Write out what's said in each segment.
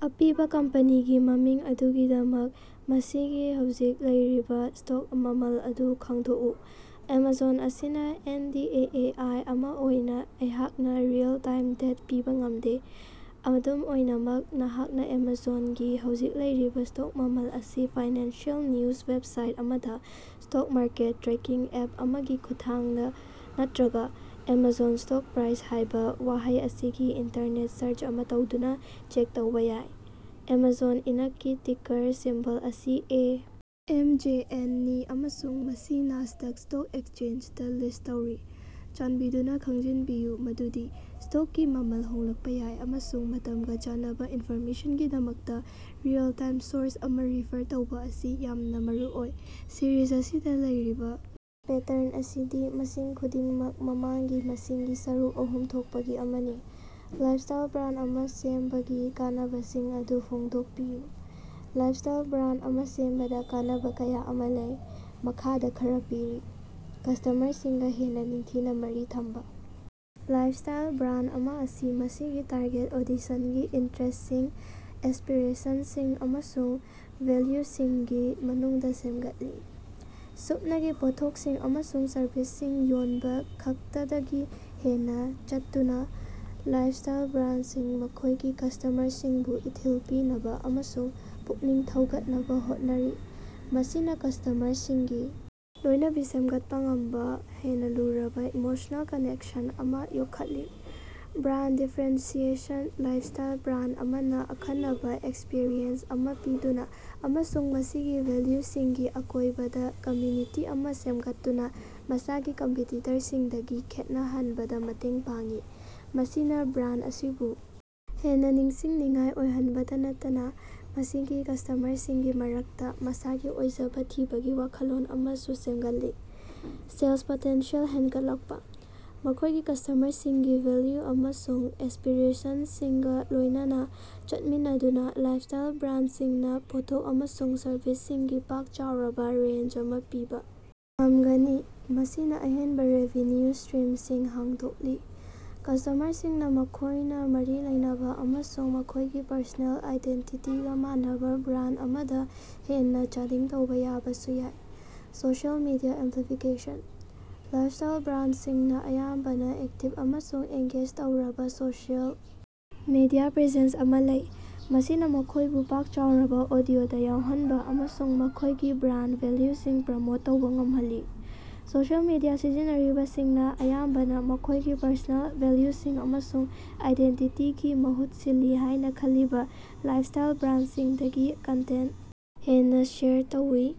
ꯑꯄꯤꯕ ꯀꯝꯄꯅꯤꯒꯤ ꯃꯃꯤꯡ ꯑꯗꯨꯒꯤꯗꯃꯛ, ꯃꯁꯤꯒꯤ ꯍꯧꯖꯤꯛ ꯂꯩꯔꯤꯕ ꯁ꯭ꯇꯣꯛ ꯃꯃꯜ ꯑꯗꯨ ꯈꯪꯗꯣꯛꯎ꯫ ꯑꯦꯃꯥꯖꯣꯟ ꯑꯁꯤꯅ ꯑꯦꯟ. ꯗꯤ. ꯑꯦ ꯑꯦ. ꯑꯥꯏ. ꯑꯃ ꯑꯣꯏꯅ ꯑꯩꯍꯥꯛꯅ ꯔꯤꯑꯦꯜ-ꯇꯥꯏꯝ ꯗꯦꯇ ꯄꯤꯕ ꯉꯝꯗꯦ꯫ ꯑꯗꯨꯝ ꯑꯣꯏꯅꯃꯛ, ꯅꯍꯥꯛꯅ ꯑꯦꯃꯥꯖꯣꯟꯒꯤ ꯍꯧꯖꯤꯛ ꯂꯩꯔꯤꯕ ꯁ꯭ꯇꯣꯛ ꯃꯃꯜ ꯑꯁꯤ ꯐꯥꯏꯅꯥꯟꯁꯤꯑꯦꯜ ꯅꯤꯎꯖ ꯋꯦꯕꯁꯥꯏꯠ ꯑꯃꯗ, ꯁ꯭ꯇꯣꯛ ꯃꯥꯔꯀꯦꯠ ꯇ꯭ꯔꯦꯀꯤꯡ ꯑꯦꯞ ꯑꯃꯒꯤ ꯈꯨꯠꯊꯥꯡꯗ ꯅꯠꯇ꯭ꯔꯒ `ꯑꯦꯃꯥꯖꯣꯟ ꯁ꯭ꯇꯣꯛ ꯄ꯭ꯔꯥꯏꯁ` ꯍꯥꯏꯕ ꯋꯥꯍꯩ ꯑꯁꯤꯒꯤ ꯏꯟꯇꯔꯅꯦꯠ ꯁꯔꯆ ꯑꯃ ꯇꯧꯗꯨꯅ ꯆꯦꯛ ꯇꯧꯕ ꯌꯥꯏ꯫ ꯑꯦꯃꯥꯖꯣꯟ ꯏꯟꯛꯀꯤ ꯇꯤꯀꯔ ꯁꯤꯝꯕꯣꯜ ꯑꯁꯤ ꯑꯦ. ꯑꯦꯝ. ꯖꯦ. ꯑꯦꯟ. ꯅꯤ ꯑꯃꯁꯨꯡ ꯃꯁꯤ ꯅꯥꯁꯗꯛ ꯁ꯭ꯇꯣꯛ ꯑꯦꯛꯆꯦꯟꯖꯗ ꯂꯤꯁ꯭ꯠ ꯇꯧꯔꯤ꯫ ꯆꯥꯟꯕꯤꯗꯨꯅ ꯈꯪꯖꯤꯟꯕꯤꯌꯨ ꯃꯗꯨꯗꯤ ꯁ꯭ꯇꯣꯛꯀꯤ ꯃꯃꯜ ꯍꯣꯡꯂꯛꯄ ꯌꯥꯏ ꯑꯃꯁꯨꯡ ꯃꯇꯃꯒ ꯆꯥꯟꯅꯕ ꯏꯟꯐꯣꯔꯃꯦꯁꯟꯒꯤꯗꯃꯛꯇ ꯔꯤꯑꯦꯜ-ꯇꯥꯏꯝ ꯁꯣꯔꯁ ꯑꯃ ꯔꯤꯐꯔ ꯇꯧꯕ ꯑꯁꯤ ꯌꯥꯝꯅ ꯃꯔꯨꯑꯣꯏ꯫ ꯁꯤꯔꯤꯖ ꯑꯁꯤꯗ ꯂꯩꯔꯤꯕ ꯄꯦꯇꯔꯟ ꯑꯁꯤꯗꯤ ꯃꯁꯤꯡ ꯈꯨꯗꯤꯡꯃꯛ ꯃꯃꯥꯡꯒꯤ ꯃꯁꯤꯡꯒꯤ ꯁꯔꯨꯛ ꯑꯍꯨꯝ ꯊꯣꯛꯄꯒꯤ ꯑꯃꯅꯤ꯫ ꯂꯥꯏꯐꯁ꯭ꯇꯥꯏꯜ ꯕ꯭ꯔꯥꯟꯗ ꯑꯃ ꯁꯦꯝꯕꯒꯤ ꯀꯥꯟꯅꯕꯁꯤꯡ ꯑꯗꯨ ꯐꯣꯡꯗꯣꯛꯄꯤꯌꯨ꯫ ꯂꯥꯏꯐꯁ꯭ꯇꯥꯏꯜ ꯕ꯭ꯔꯥꯟꯗ ꯑꯃ ꯁꯦꯝꯕꯗ ꯀꯥꯟꯅꯕ ꯀꯌꯥ ꯑꯃ ꯂꯩ꯫ ꯃꯈꯥꯗ ꯈꯔ ꯄꯤꯔꯤ: ꯀꯁꯇꯃꯔꯁꯤꯡꯒ ꯍꯦꯟꯅ ꯅꯤꯡꯊꯤꯅ ꯃꯔꯤ ꯊꯝꯕ: ꯂꯥꯏꯐꯁ꯭ꯇꯥꯏꯜ ꯕ꯭ꯔꯥꯟꯗ ꯑꯃ ꯑꯁꯤ ꯃꯁꯤꯒꯤ ꯇꯥꯔꯒꯦꯠ ꯑꯣꯗꯤꯁꯟꯒꯤ ꯏꯟꯇꯔꯦꯁꯁꯤꯡ, ꯑꯦꯁꯄꯤꯔꯦꯁꯟꯁꯤꯡ ꯑꯃꯁꯨꯡ ꯚꯦꯜꯌꯨꯁꯤꯡꯒꯤ ꯃꯅꯨꯡꯗ ꯁꯦꯝꯒꯠꯂꯤ꯫ ꯁꯨꯞꯅꯒꯤ ꯄꯣꯠꯊꯣꯛꯁꯤꯡ ꯑꯃꯁꯨꯡ ꯁꯔꯕꯤꯁꯁꯤꯡ ꯌꯣꯟꯕ ꯈꯛꯇꯗꯒꯤ ꯍꯦꯟꯅ ꯆꯠꯇꯨꯅ, ꯂꯥꯏꯐꯁ꯭ꯇꯥꯏꯜ ꯕ꯭ꯔꯥꯟꯗꯁꯤꯡꯅ ꯃꯈꯣꯏꯒꯤ ꯀꯁꯇꯃꯔꯁꯤꯡꯕꯨ ꯏꯊꯤꯜ ꯄꯤꯅꯕ ꯑꯃꯁꯨꯡ ꯄꯨꯛꯅꯤꯡ ꯊꯧꯒꯠꯅꯕ ꯍꯣꯠꯅꯔꯤ, ꯃꯁꯤꯅ ꯀꯁꯇꯃꯔꯁꯤꯡꯒꯤ ꯂꯣꯏꯅꯕꯤ ꯁꯦꯃꯒꯠꯄ ꯉꯝꯕ ꯍꯦꯟꯅ ꯂꯨꯔꯕ ꯏꯃꯣꯁꯅꯦꯜ ꯀꯅꯦꯛꯁꯟ ꯑꯃ ꯌꯣꯛꯈꯠꯂꯤ꯫ ꯕ꯭ꯔꯥꯟꯗ ꯗꯤꯐꯦꯔꯦꯟꯁꯤꯌꯦꯁꯟ: ꯂꯥꯏꯐꯁ꯭ꯇꯥꯏꯜ ꯕ꯭ꯔꯥꯟꯗ ꯑꯃꯅ ꯑꯈꯟꯅꯕ ꯑꯦꯛꯁꯄꯔꯤꯌꯦꯟꯁ ꯑꯃ ꯄꯤꯗꯨꯅ ꯑꯃꯁꯨꯡ ꯃꯁꯤꯒꯤ ꯚꯦꯜꯌꯨꯁꯤꯡꯒꯤ ꯑꯀꯣꯏꯕꯗ ꯀꯝꯃ꯭ꯌꯨꯅꯤꯇꯤ ꯑꯃ ꯁꯦꯝꯒꯠꯇꯨꯅ ꯃꯁꯥꯒꯤ ꯀꯝꯄꯤꯇꯤꯇꯔꯁꯤꯡꯗꯒꯤ ꯈꯦꯠꯅꯍꯟꯕꯗ ꯃꯇꯦꯡ ꯄꯥꯡꯏ꯫ ꯃꯁꯤꯅ ꯕ꯭ꯔꯥꯟꯗ ꯑꯁꯤꯕꯨ ꯍꯦꯟꯅ ꯅꯤꯡꯁꯤꯡꯅꯤꯡꯉꯥꯏ ꯑꯣꯏꯍꯟꯕꯇ ꯅꯠꯇꯅ ꯃꯁꯤꯒꯤ ꯀꯁ꯭ꯇꯃꯔꯁꯤꯡꯒꯤ ꯃꯔꯛꯇ ꯃꯁꯥꯒꯤ ꯑꯣꯏꯖꯕ ꯊꯤꯕꯒꯤ ꯋꯥꯈꯜꯂꯣꯟ ꯑꯃꯁꯨ ꯁꯦꯝꯒꯠꯂꯤ꯫ ꯁꯦꯜꯁ ꯄꯣꯇꯦꯟꯁꯤꯌꯦꯜ ꯍꯦꯟꯒꯠꯂꯛꯄ: ꯃꯈꯣꯏꯒꯤ ꯀꯁꯇꯃꯔꯁꯤꯡꯒꯤ ꯚꯦꯜꯌꯨ ꯑꯃꯁꯨꯡ ꯑꯦꯁꯄꯤꯔꯦꯁꯟꯁꯤꯡꯒ ꯂꯣꯏꯅꯅ ꯆꯠꯃꯤꯟꯅꯗꯨꯅ ꯂꯥꯏꯐꯁ꯭ꯇꯥꯏꯜ ꯕ꯭ꯔꯥꯟꯗꯁꯤꯡꯅ ꯄꯣꯠꯊꯣꯛ ꯑꯃꯁꯨꯡ ꯁꯔꯕꯤꯁꯁꯤꯡꯒꯤ ꯄꯥꯛ ꯆꯥꯎꯔꯕ ꯔꯦꯟꯖ ꯑꯃ ꯄꯤꯕ ꯉꯝꯒꯅꯤ, ꯃꯁꯤꯅ ꯑꯍꯦꯟꯕ ꯔꯦꯚꯤꯅ꯭ꯌꯨ ꯁꯇ꯭ꯔꯤꯝꯁꯤꯡ ꯍꯥꯡꯗꯣꯛꯂꯤ꯫ ꯀꯁꯇꯃꯔꯁꯤꯡꯅ ꯃꯈꯣꯏꯅ ꯃꯔꯤ ꯂꯩꯅꯕ ꯑꯃꯁꯨꯡ ꯃꯈꯣꯏꯒꯤ ꯄꯔꯁꯣꯅꯦꯜ ꯑꯥꯏꯗꯦꯟꯇꯤꯇꯤꯒ ꯃꯥꯟꯅꯕ ꯕ꯭ꯔꯥꯟꯗ ꯑꯃꯗ ꯍꯦꯟꯅ ꯆꯥꯗꯤꯡ ꯇꯧꯕ ꯌꯥꯕꯁꯨ ꯌꯥꯏ꯫ ꯁꯣꯁꯤꯑꯦꯜ ꯃꯤꯗꯤꯌꯥ ꯑꯦꯝꯄ꯭ꯂꯤꯐꯤꯀꯦꯁꯟ: ꯂꯥꯏꯐꯁ꯭ꯇꯥꯏꯜ ꯕ꯭ꯔꯥꯟꯗꯁꯤꯡꯅ ꯑꯌꯥꯝꯕꯅ ꯑꯦꯛꯇꯤꯕ ꯑꯃꯁꯨꯡ ꯑꯦꯡꯒꯦꯖ ꯇꯧꯔꯕ ꯁꯣꯁꯤꯑꯦꯜ ꯃꯤꯗꯤꯌꯥ ꯄ꯭ꯔꯦꯖꯦꯟꯁ ꯑꯃ ꯂꯩ, ꯃꯁꯤꯅ ꯃꯈꯣꯏꯕꯨ ꯄꯥꯛ ꯆꯥꯎꯔꯕ ꯑꯣꯗꯤꯑꯣꯗ ꯌꯧꯍꯟꯕ ꯑꯃꯁꯨꯡ ꯃꯈꯣꯏꯒꯤ ꯕ꯭ꯔꯥꯟꯗ ꯚꯦꯜꯌꯨꯁꯤꯡ ꯄ꯭ꯔꯃꯣꯠ ꯇꯧꯕ ꯉꯝꯍꯜꯂꯤ꯫ ꯁꯣꯁꯤꯑꯦꯜ ꯃꯤꯗꯤꯌꯥ ꯁꯤꯖꯤꯟꯅꯔꯤꯕꯁꯤꯡꯅ ꯑꯌꯥꯝꯕꯅ ꯃꯈꯣꯏꯒꯤ ꯄꯔꯁꯣꯅꯦꯜ ꯚꯦꯜꯌꯨꯁꯤꯡ ꯑꯃꯁꯨꯡ ꯑꯥꯏꯗꯦꯟꯇꯤꯇꯤꯒꯤ ꯃꯍꯨꯠ ꯁꯤꯜꯂꯤ ꯍꯥꯏꯅ ꯈꯜꯂꯤꯕ ꯂꯥꯏꯐꯁ꯭ꯇꯥꯏꯜ ꯕ꯭ꯔꯥꯟꯗꯁꯤꯡꯗꯒꯤ ꯀꯟꯇꯦꯟꯠ ꯍꯦꯟꯅ ꯁꯦꯌꯔ ꯇꯧꯏ꯫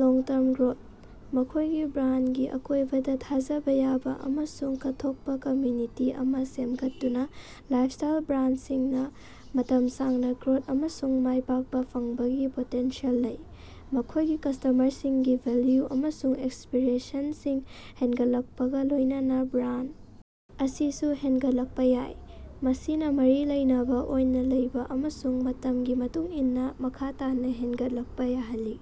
ꯂꯣꯡ-ꯇꯔꯝ ꯒ꯭ꯔꯣꯊ: ꯃꯈꯣꯏꯒꯤ ꯕ꯭ꯔꯥꯟꯗꯒꯤ ꯑꯀꯣꯏꯕꯗ ꯊꯥꯖꯕ ꯌꯥꯕ ꯑꯃꯁꯨꯡ ꯀꯠꯊꯣꯛꯄ ꯀꯝꯃ꯭ꯌꯨꯅꯤꯇꯤ ꯑꯃ ꯁꯦꯝꯒꯠꯇꯨꯅ ꯂꯥꯏꯐꯁ꯭ꯇꯥꯏꯜ ꯕ꯭ꯔꯥꯟꯗꯁꯤꯡꯅ ꯃꯇꯝ ꯁꯥꯡꯅ ꯒ꯭ꯔꯣꯊ ꯑꯃꯁꯨꯡ ꯃꯥꯏꯄꯥꯛꯄ ꯐꯪꯕꯒꯤ ꯄꯣꯇꯦꯟꯁꯤꯌꯦꯜ ꯂꯩ꯫ ꯃꯈꯣꯏꯒꯤ ꯀꯁꯇꯃꯔꯁꯤꯡꯒꯤ ꯚꯦꯜꯌꯨ ꯑꯃꯁꯨꯡ ꯑꯦꯁꯄꯤꯔꯦꯁꯟꯁꯤꯡ ꯍꯦꯟꯒꯠꯂꯛꯄꯒ ꯂꯣꯏꯅꯅ ꯕ꯭ꯔꯥꯟꯗ ꯑꯁꯤꯁꯨ ꯍꯦꯟꯒꯠꯂꯛꯄ ꯌꯥꯏ, ꯃꯁꯤꯅ ꯃꯔꯤ ꯂꯩꯅꯕ ꯑꯣꯏꯅ ꯂꯩꯕ ꯑꯃꯁꯨꯡ ꯃꯇꯝꯒꯤ ꯃꯇꯨꯡ ꯏꯟꯅ ꯃꯈꯥ ꯇꯥꯅ ꯍꯦꯟꯒꯠꯂꯛꯄ ꯌꯥꯍꯜꯂꯤ꯫